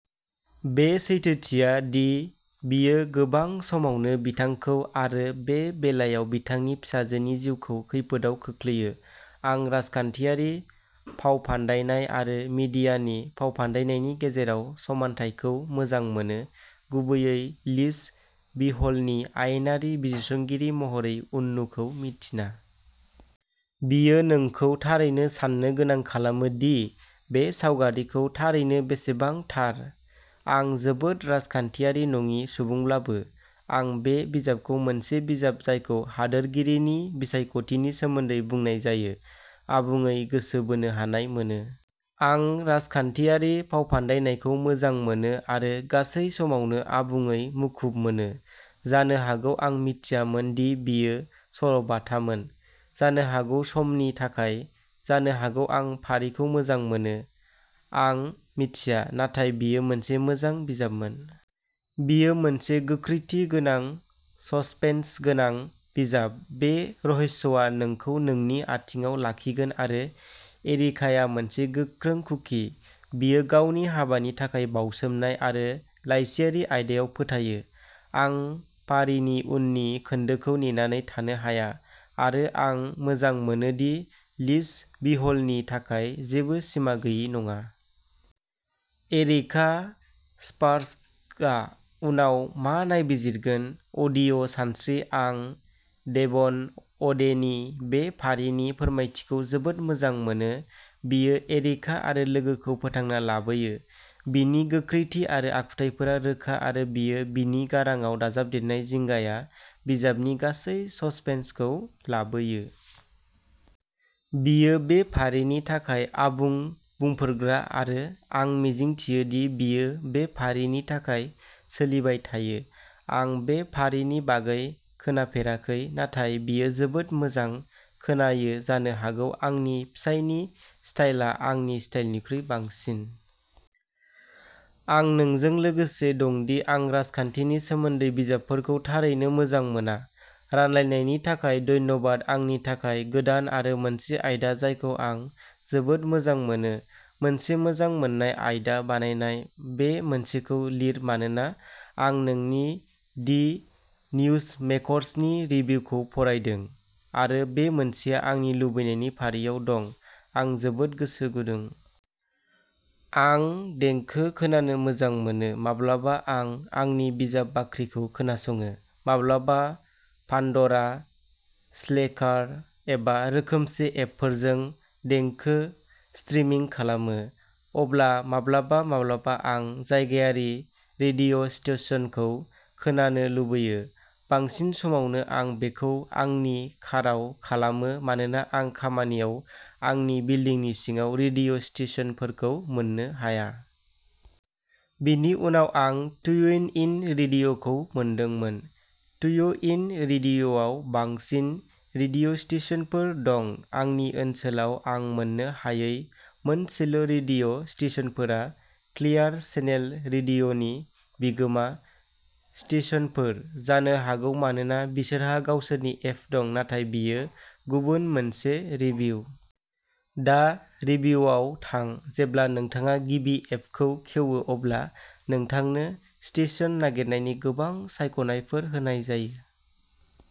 बे सैथोथिया दि बेयो गोबां समावनो बिथांखौ आरो बे बेलायाव बिथांनि फिसाजोनि जिउखौ खैफोदआव खोख्लैयो। आं राजखान्थियारि फावफान्दायनाय आरो मिडियानि फावफान्दायनायनि गेजेराव समानथायखौ मोजां मोनो, गुबैयै लिस विहलनि आयेनारि बिजिरसंगिरि महरै उननुखौ मिन्थिना। बेयो नोंखौ थारैनो साननो गोनां खालामो दि बे सावगारिखौ थारैनो बेसेबां थार। आं जोबोद राजखान्थियारि नङि सुबुंब्लाबो, आं बे बिजाबखौ मोनसे बिजाब जायखौ हादोरगिरिनि बिसायख'थिनि सोमोन्दै बुंनाय जायो। आबुङै गोसो बोनो हानाय मोनो। आं राजखान्थियारि फावफान्दायनायखौ मोजां मोनो आरो गासै समावनो आबुङै मुखुब मोनो। जानो हागौ आं मिथियामोन दि बेयो सल'बाथामोन, जानो हागौ समनि थाखाय, जानो हागौ आं फारिखौ मोजां मोनो। आं मिथिया, नाथाय बेयो मोनसे मोजां बिजाबमोन। बेयो मोनसे गोख्रैथि गोनां, ससपेन्सगोनां बिजाब। बे रहस्यआ नोंखौ नोंनि आथिंआव लाखिगोन आरो एरिकाया मोनसे गोख्रों कुकि। बियो गावनि हाबानि थाखाय बावसोमनाय आरो लाइसिआरि आयदायाव फोथायो। आं फारिनि उननि खोन्दोखौ नेनानै थानो हाया आरो आं मोजां मोनो दि लिस विहलनि थाखाय जेबो सिमा गैयि नङा। एरिका स्पार्क्सआ उनाव मा नायबिजिरगोन? अडिअ' सानस्रि आं डेभन अ'डेनि बे फारिनि फोरमायथिखौ जोबोद मोजां मोनो। बियो एरिका आरो लोगोखौ फोथांना लाबोयो! बिनि गोख्रैथि आरो आखुथायफोरा रोखा आरो बियो बिनि गारांआव दाजाबदेरनाय जिंगाया बिजाबनि गासै ससपेन्सखौ लाबोयो। बियो बे फारिनि थाखाय आबुं बुंफोरग्रा आरो आं मिजिंथियो दि बियो बे फारिनि थाखाय सोलिबाय थायो। आं बे फारिनि बागै खोनाफेराखै, नाथाय बेयो जोबोद मोजां खोनायो जानो हागौ आंनि फिसायनि स्टाइलआ आंनि स्टाइलनिख्रुइ बांसिन। आं नोंजों लोगोसे दं दि आं राजखान्थिनि सोमोन्दै बिजाबफोरखौ थारैनो मोजां मोना। रानलायनायनि थाखाय धन्यबाद आंनि थाखाय गोदान आरो मोनसे आयदा जायखौ आं जोबोद मोजां मोनो। मोनसे मोजां मोन्नाय आयदा बानायनाय। बे मोनसेखौ लिर मानोना आं नोंनि दि निउजमेकर्सनि रिभिउखौ फरायदों आरो बे मोनसेआ आंनि लुबैनायनि फारियाव दं, आं जोबोद गोसो गुदुं! आं देंखो खोनानो मोजां मोनो। माब्लाबा आं आंनि बिजाब बाख्रिखौ खोनासङो, माब्लाबा पान्ड'रा, स्लेकार एबा रोखोमसे एपफोरजों देंखो स्ट्रिमिं खालामो। अब्ला माब्लाबा माब्लाबा आं जायगायारि रेडिय'स्टेशनखौ खोनानो लुबैयो। बांसिन समावनो आं बेखौ आंनि काराव खालामो मानोना आं खामानियाव आंनि बिल्दिंनि सिङाव रेडिय'स्टेशनफोरखौ मोननो हाया। बेनि उनाव आं ट्युनइन रेडिय'खौ मोनदोंमोन। ट्युनइन रेडिय'आव बांसिन रेडिय'स्टेशनफोर दं। आंनि ओनसोलाव आं मोन्नो हायै मोनसेल' रेडिय' स्टेशनफोरा क्लियार चेनेल रेडिय'नि बिगोमा स्टेशनफोर, जानो हागौ मानोना बिसोरहा गावसोरनि एप दं, नाथाय बेयो गुबुन मोनसे रिभिउ। दा रिभिउआव थां। जेब्ला नोंथाङा गिबि एपखौ खेवो अब्ला नोंथांनो स्टेशन नागिरनायनि गोबां सायख'नायफोर होनाय जायो।